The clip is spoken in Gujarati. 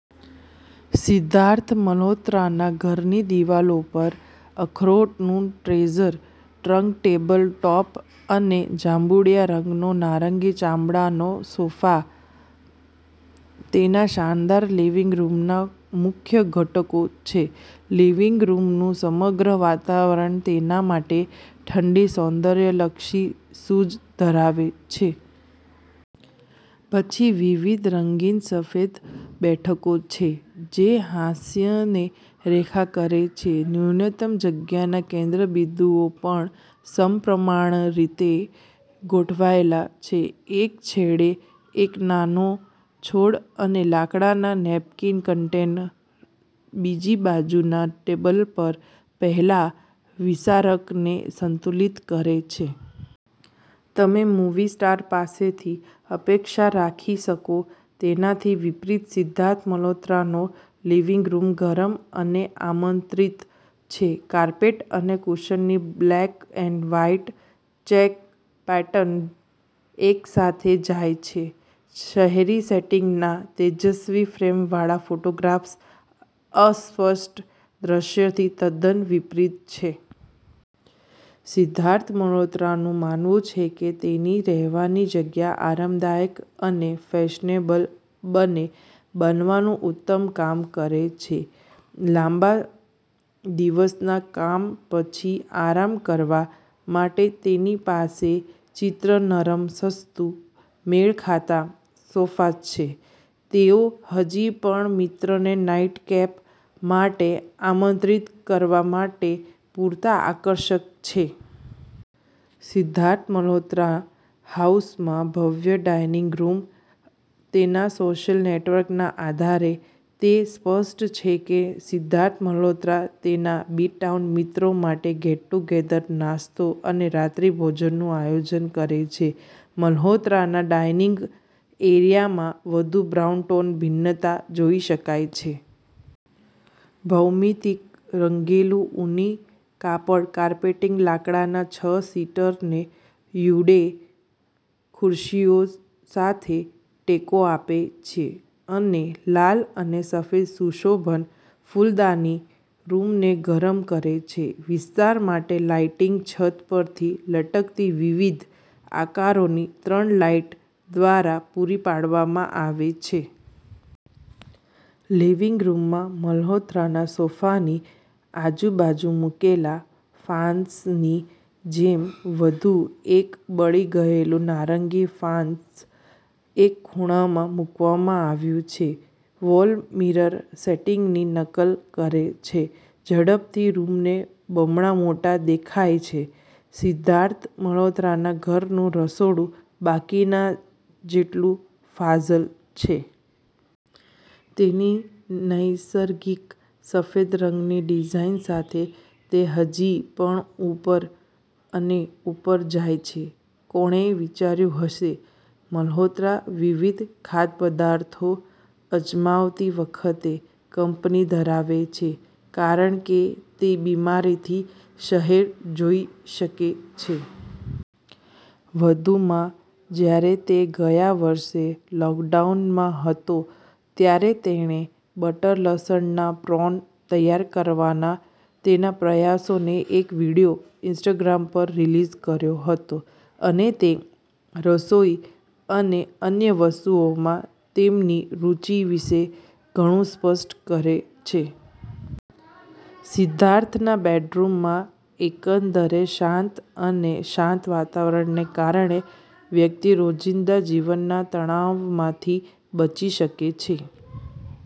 સિદ્ધાર્થ મલ્હોત્રાના ઘરની દિવાલો પર અખરોટનું ટ્રેઝર, ટ્રંક ટેબલ ટોપ અને જાંબુડિયા રંગનો નારંગી ચામડાનો સોફા તેના શાનદાર લિવિંગ રૂમના મુખ્ય ઘટકો છે. લિવિંગ રૂમનું સમગ્ર વાતાવરણ તેના માટે ઠંડી સૌંદર્યલક્ષી સૂઝ ધરાવે છે. પછી વિવિધ રંગીન સફેદ બેઠકો છે જે હાંસિયાને રેખા કરે છે. ન્યૂનતમ જગ્યાના કેન્દ્રબિંદુઓ પણ સમપ્રમાણરીતે ગોઠવાયેલા છે. એક છેડે એક નાનો છોડ અને લાકડાના નેપકિન કન્ટેનર, બીજી બાજુના ટેબલ પર રહેલા વિસારકને સંતુલિત કરે છે. તમે મૂવી સ્ટાર પાસેથી અપેક્ષા રાખી શકો તેનાથી વિપરીત, સિદ્ધાર્થ મલ્હોત્રાનો લિવિંગ રૂમ ગરમ અને આમંત્રિત છે. કાર્પેટ અને કુશનની black and white check pattern એકસાથે જાય છે. શહેરી સેટિંગ્સના તેજસ્વી ફ્રેમ વાળા ફોટોગ્રાફ્સ અસ્પષ્ટ દ્રશ્યથી તદ્દન વિપરીત છે. સિદ્ધાર્થ મલ્હોત્રાનું માનવું છે કે તેની રહેવાની જગ્યા આરામદાયક અને ફેશનેબલ બંને બનવાનું ઉત્તમ કામ કરે છે. લાંબા દિવસના કામ પછી આરામ કરવા માટે તેની પાસે ચિત્ર-નરમ, સસ્તું, મેળખાતા સોફા છે. તેઓ હજી પણ મિત્રને નાઈટકેપ માટે આમંત્રિત કરવા માટે પૂરતા આકર્ષક છે. સિદ્ધાર્થ મલ્હોત્રા હાઉસમાં ભવ્ય ડાઇનિંગ રૂમ, તેના સોશિયલ નેટવર્કના આધારે, તે સ્પષ્ટ છે કે સિદ્ધાર્થ મલ્હોત્રા તેના બી-ટાઉન મિત્રો માટે ગેટ-ટુગેધર, નાસ્તો અને રાત્રિભોજનનું આયોજન કરે છે. મલ્હોત્રાના ડાઇનિંગ એરિયામાં વધુ બ્રાઉન-ટોન ભિન્નતા જોઈ શકાય છે. ભૌમિતિક રંગેલું ઊની કાપડ કાર્પેટીંગ લાકડાના છ-સીટરને સ્યુડે ખુરશીઓ સાથે ટેકો આપે છે અને લાલ અને સફેદ સુશોભન ફૂલદાની રૂમને ગરમ કરે છે. વિસ્તાર માટે લાઇટિંગ છત પરથી લટકતી વિવિધ આકારોની ત્રણ લાઇટ દ્વારા પૂરી પાડવામાં આવે છે. લિવિંગ રૂમમાં મલ્હોત્રાના સોફાની આજુબાજુ મૂકેલા ફાનસની જેમ વધુ એક બળી ગયેલું નારંગી ફાનસ એક ખૂણામાં મૂકવામાં આવ્યું છે. વોલ મિરર સેટિંગની નકલ કરે છે. ઝડપથી રૂમને બમણા મોટા દેખાય છે. સિદ્ધાર્થ મલ્હોત્રાના ઘરનું રસોડું બાકીના જેટલું ફાજલ છે. તેની નૈસર્ગિક, સફેદ રંગની ડિઝાઇન સાથે, તે હજી પણ ઉપર અને ઉપર જાય છે. કોણે વિચાર્યું હશે? મલ્હોત્રા વિવિધ ખાદ્યપદાર્થો અજમાવતી વખતે કંપની ધરાવે છે કારણ કે તે બારીમાંથી શહેર જોઈ શકે છે. વધુમાં, જ્યારે તે ગયા વર્ષે લોકડાઉનમાં હતો, ત્યારે તેણે બટર લસણના પ્રોન તૈયાર કરવાના તેના પ્રયાસોનો એક વીડિયો ઇન્સ્ટાગ્રામ પર રિલીઝ કર્યો હતો. અને તે રસોઈ અને અન્ય વસ્તુઓમાં તેમની રુચિ વિશે ઘણું સ્પષ્ટ કરે છે. સિધ્ધાર્થના બેડરૂમમાં એકંદરે શાંત અને શાંત વાતાવરણને કારણે વ્યક્તિ રોજિંદા જીવનના તણાવમાંથી બચી શકે છે.